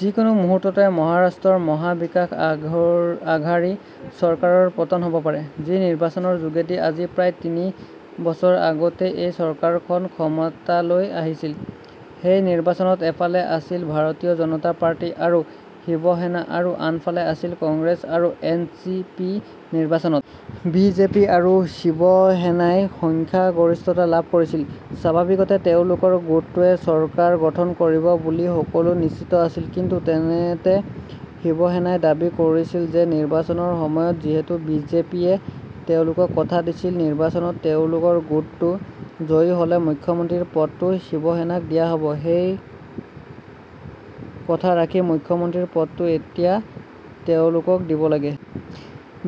যি কোনো মুহূৰ্ততে মহাৰাষ্ট্ৰৰ মহা বিকাশ আঘাৰী চৰকাৰৰ পতন হ'ব পাৰে। যি নিৰ্বাচনৰ যোগেদি আজি প্ৰায় তিনি বছৰ আগতে এই চৰকাৰখন ক্ষমতালৈ আহিছিল, সেই নিৰ্বাচনত এফালে আছিল ভাৰতীয় জনতা পাৰ্টি আৰু শিৱসেনা আৰু আনফালে আছিল কংগ্ৰেছ আৰু এন চি পি। নিৰ্বাচনত বি জে পি আৰু শিৱসেনাই সংখ্যাগৰিষ্ঠতা লাভ কৰিছিল। স্বাভাৱিকতে তেওঁলোকৰ গোটটোৱে চৰকাৰ গঠন কৰিব বুলি সকলো নিশ্চিত আছিল, কিন্তু তেনেতে শিৱসেনাই দাবী কৰিছিল যে নিৰ্বাচনৰ সময়ত যিহেতু বি জে পিয়ে তেওঁলোকক কথা দিছিল নিৰ্বাচনত তেওঁলোকৰ গোটটো জয়ী হলে মুখ্যমন্ত্ৰীৰ পদটো শিৱসেনাক দিয়া হব, সেই কথা ৰাখি মুখ্যমন্ত্ৰীৰ পদটো এতিয়া তেওঁলোকক দিব লাগে।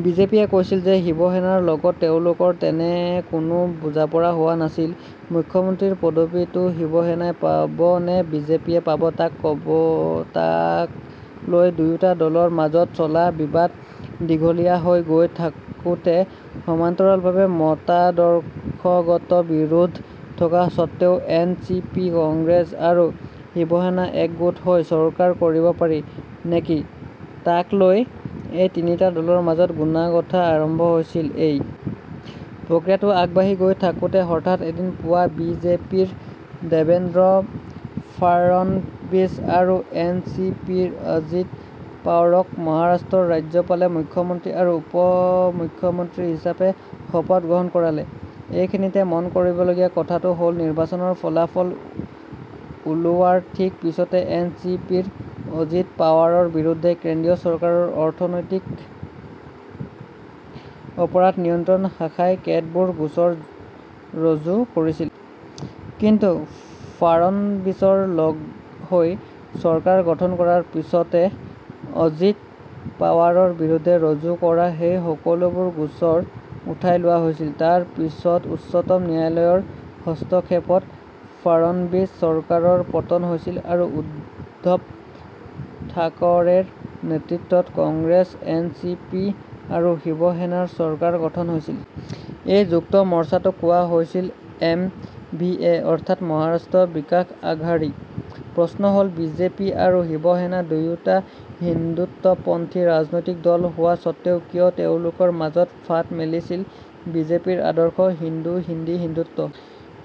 বি জে পিয়ে কৈছিল যে শিৱসেনাৰ লগত তেওঁলোকৰ তেনে কোনো বুজাপৰা হোৱা নাছিল। মুখ্যমন্ত্ৰীৰ পদবীটো শিৱসেনাই পাব নে বিজেপিয়ে পাব, তাকলৈ দুয়োটা দলৰ মাজত চলা বিবাদ দীঘলীয়াহৈ গৈ থাকোতে সমান্তৰালভাৱে মতাদৰ্শগত বিৰোধ থকা সত্বেও এন চি পি, কংগ্ৰেছ আৰু শিৱসেনা একগোট হৈ চৰকাৰ কৰিব পাৰি নেকি, তাকলৈ এই তিনিটা দলৰ মাজত গুণাগঁথা আৰম্ভ হৈছিল। এই প্ৰক্ৰিয়াটো আগবাঢ়ি গৈ থাকোতে হঠাৎ এদিন পুৱা বি জে পিৰ দেবেন্দ্ৰ ফাড়নবিছ আৰু এন চি পিৰ অজিত পাৱাৰক মহাৰাষ্ট্ৰৰ ৰাজ্যপালে মুখ্যমন্ত্ৰী আৰু উপমুখ্যমন্ত্ৰী হিচাপে শপত গ্ৰহণ কৰালে। এইখিনিতে মনকৰিবলগীয়া কথাটো হ'ল নিৰ্বাচনৰ ফলাফল ওলোৱাৰ ঠিক পিছতে এন চি পিৰ অজিত পাৱাৰৰ বিৰুদ্ধে কেন্দ্ৰীয় চৰকাৰৰ অৰ্থনৈতিক অপৰাধ নিয়ন্ত্ৰণ শাখাই কেতবোৰ গোচৰ ৰুজু কৰিছিল। কিন্তু ফাড়নবিছৰ লগহৈ চৰকাৰ গঠন কৰাৰ পিছতে অজিত পাৱাৰৰ বিৰুদ্ধে ৰুজু কৰা সেই সকলোবোৰ গোচৰ উঠাই লোৱা হৈছিল। তাৰ পিছতউচ্চতম ন্যায়ালয়ৰ হস্তক্ষেপত ফাড়নবিছ চৰকাৰৰ পতন হৈছিল আৰু উদ্ধৱ ঠাকৰেৰ নেতৃত্বত কংগ্ৰেছ, এন চি পি আৰু শিৱসেনাৰ চৰকাৰ গঠন হৈছিল। এই যুক্ত মৰ্চাটোক কোৱা হৈছিল এম ভি এ অৰ্থাৎ মহাৰাষ্ট্ৰ বিকাশ আঘাৰী। প্ৰশ্ন হ'ল বি জে পি আৰু শিৱসেনা দুয়োটা হিন্দুত্বপন্থী ৰাজনৈতিক দল হোৱা সত্ত্বেও কিয় তেওঁলোকৰ মাজত ফাট মেলিছিল? বি জে পিৰ আদৰ্শ হিন্দু, হিন্দী, হিন্দুত্ব।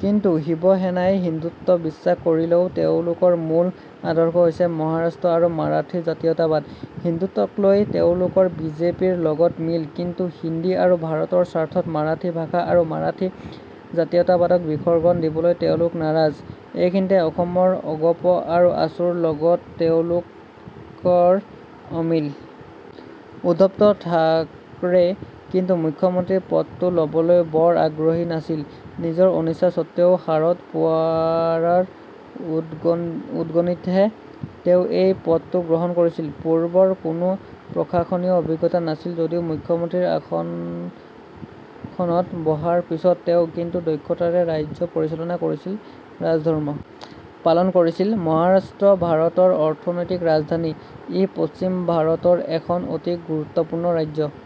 কিন্তু শিৱসেনাই হিন্দুত্বত বিশ্বাস কৰিলেও তেওঁলোকৰ মূল আদৰ্শ হৈছে মহাৰাষ্ট্ৰ আৰু মাৰাঠী জাতীয়তাবাদ। হিন্দুত্বকলৈ তেওঁলোকৰ বি জে পিৰ লগত মিল, কিন্তু হিন্দী আৰু ভাৰতৰ স্বাৰ্থত মাৰাঠী ভাষা আৰু মাৰাঠী জাতীয়তাবাদক বিসৰ্জন দিবলৈ তেওঁলোক নাৰাজ। এইখিনিতে অসমৰ অগপ আৰু আছুৰ লগত তেওঁলোকৰ অমিল। উদ্ধৱ ঠাকৰে কিন্তু মুখ্যমন্ত্ৰী পদটো লবলৈ বৰ আগ্ৰহী নাছিল। নিজৰ অনিচ্ছা সত্ত্বেও শাৰদ পাৱাৰৰ উদগনিতহে তেওঁ এই পদটো গ্ৰহণ কৰিছিল। পূৰ্বৰ কোনো প্ৰশাসনীয় অভিজ্ঞতা নাছিল যদিও মুখ্যমন্ত্ৰীৰ আসনখনত বহাৰ পিছত তেওঁ কিন্তু দক্ষতাৰে ৰাজ্য পৰিচলনা কৰিছিল। ৰাজধৰ্ম পালন কৰিছিল। মহাৰাষ্ট্ৰ ভাৰতৰ অৰ্থনৈতিক ৰাজধানী। ই পশ্চিম ভাৰতৰ এখন অতি গুৰুত্বপূৰ্ণ ৰাজ্য।